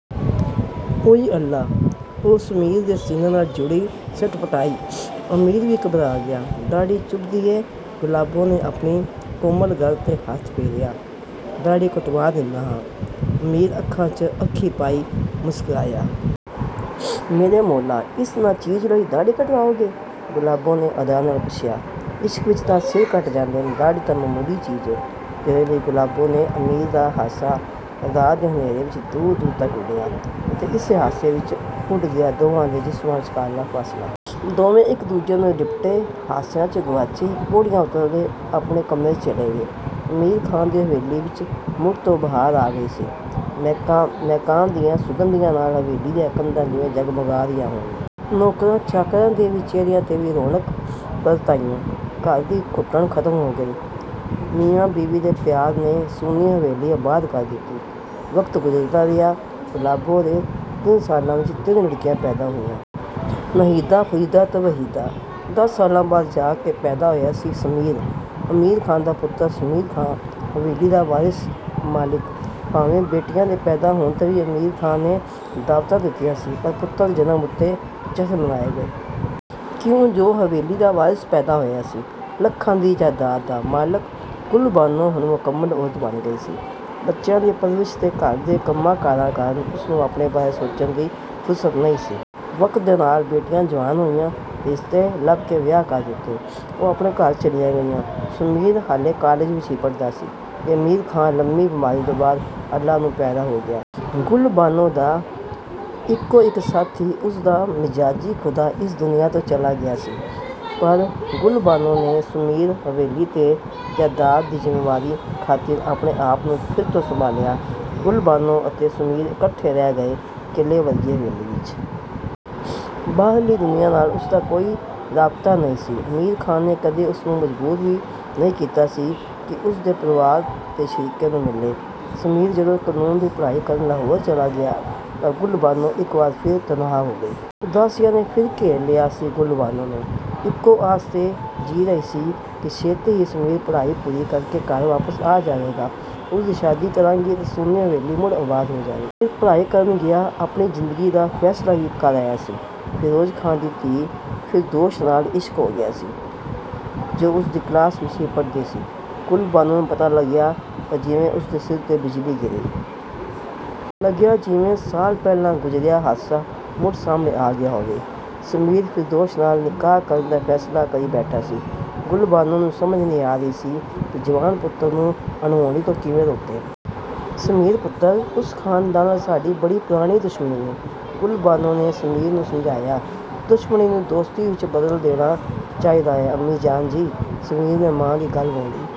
"ਊਈ ਅੱਲਾਹ"…. ਉਹ ਸਮੀਰ ਦੇ ਸੀਨੇ ਨਾਲ ਜੁੜੀ ਸਟਪਟਾਈ। ਅਮੀਰ ਵੀ ਘਬਰਾ ਗਿਆ। "ਦਾੜ੍ਹੀ ਚੁੱਭਦੀ ਏਂ "ਗੁਲਬਾਨੋ ਨੇ ਆਪਣੀ ਕੋਮਲ ਗਲ 'ਤੇ ਹੱਥ ਫੇਰਿਆ। "ਦਾੜ੍ਹੀ ਕਟਵਾਂ ਦਿੰਦਾਂ ਹਾਂ "ਅਮੀਰ ਅੱਖਾਂ, ਚ' ਅੱਖੀ ਪਾਈ ਮਸਕਰਾਇਆ। "ਮੇਰੇ ਮੌਲ੍ਹਾ.. ਇਸ ਨਾਚੀਜ਼ ਲਈ ਦਾੜ੍ਹੀ ਕਟਵਾਓਗੇ "…! ਗੁਲਬਾਨੋ ਨੇ ਅਦਾ ਨਾਲ ਪੁੱਛਿਆ। "ਇਸ਼ਕ ਵਿੱਚ ਤਾਂ ਸਿਰ ਕੱਟ ਜਾਂਦੇ ਨੇ, ਦਾੜ੍ਹੀ ਤਾਂ ਮਾਮੂਲੀ ਚੀਜ਼ ਏਂ ਤੇਰੇ ਲਈ ਗੁਲਬਾਨੋ "ਅਮੀਰ ਦਾ ਹਾਸ਼ਾ ਰਾਤ ਦੇ ਹਨੇਰੇ ਵਿੱਚ ਦੂਰ ਦੂਰ ਤੱਕ ਉਡਿਆ, ਅਤੇ ਇਸੇ ਹਾਸੇ ਵਿੱਚ ਉਡ ਗਿਆ ਦੋਹਾਂ ਦੇ ਜਿਸਮਾਂ ਵਿੱਚਕਾਰਲਾਂ ਫਾਸਲਾ। ਦੋਹੇਂ ਇੱਕ-ਦੂਜੇ ਨੂੰ ਲਿਪਟੇ, ਹਾਸਿਆ, ਚ' ਗੁਆਚੇ ਪੌੜੀਆਂ ਉਤਰਦੇ ਆਪਣੇ ਕਮਰੇ, ਚ' ਚਲੇ ਗਏ। ਅਮੀਰ ਖਾਨ ਦੀ ਹਵੇਲੀ ਵਿੱਚ ਮੁੜ ਤੋਂ ਬਹਾਰ ਆ ਗਈ ਸੀ। ਮਹਿਕਾਂ ਦੀਆ ਸੁਗੰਧੀਆਂ ਨਾਲ ਹਵੇਲੀ ਦੀਆ ਕੰਧਾਂ ਜਿਵੇਂ ਜਗ-ਮਗਾ ਰਹੀਆ ਹੋਣ। ਨੌਕਰਾਂ ਚਾਕਰਾਂ ਦੇ ਵੀ ਚਿਹਰਿਆਂ 'ਤੇ ਵੀ ਰੌਣਕਾ ਪ੍ਰਤ ਆਈਆ। ਘਰ ਦੀ ਘੁੱਟਣ ਖਤਮ ਹੋ ਗਈ। ਮੀਆਂ-ਬੀਵੀ ਦੇ ਪਿਆਰ ਨੇ ਸੁੰਨੀ ਹਵੇਲੀ ਆਬਾਦ ਕਰ ਦਿਤੀ ਵਕਤ ਗੁਜ਼ਰਦਾ ਰਿਹਾ। ਗੁਲਬਾਨੋ ਦੇ ਤਿੰਨ ਸਾਲਾਂ ਵਿੱਚ ਤਿੰਨ ਲੜਕੀਆਂ ਪੈਦਾ ਹੋਈਆ। ਨਹੀਦਾ, ਫਰੀਦਾ ਤੇ ਵਹੀਦਾ। ਦਸ ਸਾਲਾਂ ਬਾਅਦ ਜਾ ਕੇ ਪੈਦਾ ਹੋਇਆ ਸੀ ਸਮੀਰ। ਅਮੀਰ ਖਾਨ ਦਾ ਪੁੱਤਰ ਸਮੀਰ ਖਾਨ। ਹਵੇਲੀ ਦਾ ਵਾਰਿਸ਼, ਮਾਲਿਕ। ਭਾਵੇਂ ਬੇਟੀਆ ਦੇ ਪੈਦਾ ਹੋਣ 'ਤੇ ਵੀ ਅਮੀਰ ਖਾਨ ਨੇ ਦਾਅਵਤਾਂ ਦਿੱਤੀਆ ਸੀ, ਪਰ ਪੁੱਤਰ ਦੇ ਜਨਮ ਉਤੇ ਜਸ਼ਨ ਮਨਾਏ ਗਏ। ਕਿਉ ਜੋ ਹਵੇਲੀ ਦਾ ਵਾਰਿਸ਼ ਪੈਦਾ ਹੋਇਆ ਸੀ। ਲੱਖਾਂ ਦੀ ਜਾਇਦਾਤ ਦਾ.. ਮਾਲਕ। ਗੁਲਬਾਨੋ ਹੁਣ ਮੁਕੰਮਲ ਔਰਤ ਬਣ ਗਈ ਸੀ। ਬੱਚਿਆਂ ਦੀ ਪਰਵਰਿਸ਼ ਤੇ ਘਰ ਦੇ ਕੰਮਾਂਕਾਰਾ ਕਾਰਨ ਉਸਨੂੰ ਆਪਣੇ ਬਾਰੇ ਸੋਚਣ ਦੀ ਫੁਰਸ਼ਤ ਨਹੀ ਸੀ। ਵਕਤ ਦੇ ਨਾਲ ਬੇਟੀਆ ਜੁਆਨ ਹੋਈਆ, ਰਿਸ਼ਤੇ ਲੱਭਕੇ ਵਿਆਹ ਕਰ ਦਿਤੇ। ਉਹ ਆਪਣੇ ਘਰ ਚਲੀਆ ਗਈਆ। ਸੁਮੀਰ ਹਾਲੇ ਕਾਲਿਜ ਵਿੱਚ ਹੀ ਪੜ੍ਹਦਾ ਸੀ ਕਿ ਅਮੀਰ ਖਾਨ ਲੰਮੀ ਬਿਮਾਰੀ ਤੋਂ ਬਾਅਦ ਅੱਲਾਹ ਨੂੰ ਪਿਆਰਾ ਹੋ ਗਿਆ। ਗੁਲਬਾਨੋ ਦਾ ਇੱਕੋ-ਇੱਕ ਸਾਥੀ ਉਸਦਾ "ਮਿਜ਼ਾਜੀ ਖੁਦਾ"ਇਸ ਦੁਨੀਆ ਤੋਂ ਚਲਾ ਗਿਆ ਸੀ। ਪਰ ਗੁਲਬਾਨੋ ਨੇ ਸੁਮੀਰ, ਹਵੇਲੀ ਤੇ ਜਾਇਦਾਤ ਦੀ ਜੁੰਮੇਂਵਾਰੀ ਖਾਤਿਰ ਆਪਣੇ ਆਪ ਨੂੰ ਫਿਰ ਤੋਂ ਸੰਭਾਲਿਆਂ। ਗੁਲਬਾਨੋ ਅਤੇ ਸੁਮੀਰ ਇੱਕਲੇ ਰਹਿ ਗਏ ਕਿਲ੍ਹੇ ਵਰਗੀ ਹਵੇਲੀ ਵਿੱਚ। ਬਾਹਰਲੀ ਦੁਨੀਆਂ ਨਾਲ ਉਸਦਾ ਕੋਈ ਰਾਬਤਾ ਨਹੀ ਸੀ। ਅਮੀਰ ਖਾਨ ਨੇ ਕਦੇ ਉਸਨੂੰ ਮਜਬੂਰ ਵੀ ਨਹੀ ਕੀਤਾ ਸੀ ਕਿ ੳਸਦੇ ਪ੍ਰਵਾਰ ਤੇ ਸ਼ਰੀਕੇ ਨੂੰ ਮਿਲੇ। ਸਮੀਰ ਜਦੋ ਕਾਨੂੰਨ ਦੀ ਪੜ੍ਹਾਈ ਕਰਨ ਲਾਹੌਰ ਚਲਾ ਗਿਆ ਤਾਂ ਗੁਲਬਾਨੋ ਇਕ ਵਾਰ ਫਿਰ ਤਨਹਾ ਹੋ ਗਈ। ਉਦਾਸੀਆਂ ਨੇ ਫੇਰ ਘੇਰ ਲਿਆ ਸੀ ਗੁਲਬਾਨੋ ਨੂੰ। ਇਕੋ ਆਸ਼ ਤੇ ਜੀਅ ਰਹੀ ਸੀ ਕਿ ਛੇਤੀ ਹੀ ਸ਼ਮੀਰ ਪੜ੍ਹਾਈ ਪੂਰੀ ਕਰਕੇ ਘਰ ਵਾਪਸ ਆ ਜਾਵੇਗਾ। ਉਸਦੀ ਸ਼ਾਦੀ ਕਰਾਗੀ ਤੇ ਸੁੰਨੀ ਹਵੇਲੀ ਮੁੜ ਆਬਾਦ ਹੋ ਜਾਵੇਗੀ। ਸਮੀਰ ਪੜ੍ਹਾਈ ਕਰਨ ਗਿਆ, ਆਪਣੀ ਜ਼ਿੰਦਗੀ ਦਾ ਫੈਸਲਾ ਵੀ ਕਰ ਆਇਆ ਸੀ। "ਫਿਰੋਜ ਖਾਨ"ਦੀ ਧੀ ਫਿਰਦੋਸ਼ ਨਾਲ ਇਸ਼ਕ ਹੋ ਗਿਆ ਸੀ, ਜੋ ਉਸਦੀ ਕਲਾਸ ਵਿੱਚ ਹੀ ਪੜ੍ਹਦੀ ਸੀ। ਗੁਲਬਾਨੋ ਨੂੰ ਪਤਾ ਲੱਗਿਆ ਤਾਂ ਜਿਵੇ ਉਸਦੇ ਸਿਰ ਤੇ ਬਿਜਲੀ ਗਿਰੀ। ਲੱਗਿਆ ਜਿਵੇਂ ਸਾਲ ਪਹਿਲਾਂ ਗੁਜ਼ਰਿਆਂ ਹਾਦਸਾ ਮੁੜ ਸਾਹਮਣੇ ਆ ਗਿਆ ਹੋਵੇ। ਸਮੀਰ, ਫਿਰਦੌਸ਼ ਨਾਲ ਨਿਕਾਹ ਕਰਨ ਦਾ ਫੈਸਲਾ ਕਰੀ ਬੈਠਾ ਸੀ। ਗੁਲਬਾਨੋ ਨੂੰ ਸਮਝ ਨਹੀ ਆ ਰਹੀ ਸੀ ਕਿ ਜਵਾਨ ਪੁੱਤਰ ਨੂੰ ਅਣਹੋਣੀ ਤੋਂ ਕਿਵੇ ਰੋਕੇ। "ਸਮੀਰ ਪੁੱਤਰ…. ਉਸ ਖਾਨਦਾਨ ਨਾਲ ਸਾਡੀ ਬੜੀ ਪੁਰਾਣੀ ਦੁਸ਼ਮਣੀ ਏਂ "….. ਗੁਲਬਾਨੋ ਨੇ ਸਮੀਰ ਨੂੰ ਸਮਝਾਇਆ। "ਦੁਸ਼ਮਣੀ ਨੂੰ ਦੋਸਤੀ ਵਿੱਚ ਬਦਲ ਦੇਣਾ ਚਾਹੀਦਾ ਏ ਅੰਮੀ-ਜਾਨ ਜੀ "…. ਸਮੀਰ ਨੇ ਮਾਂ ਦੀ ਗੱਲ ਮੋੜੀ।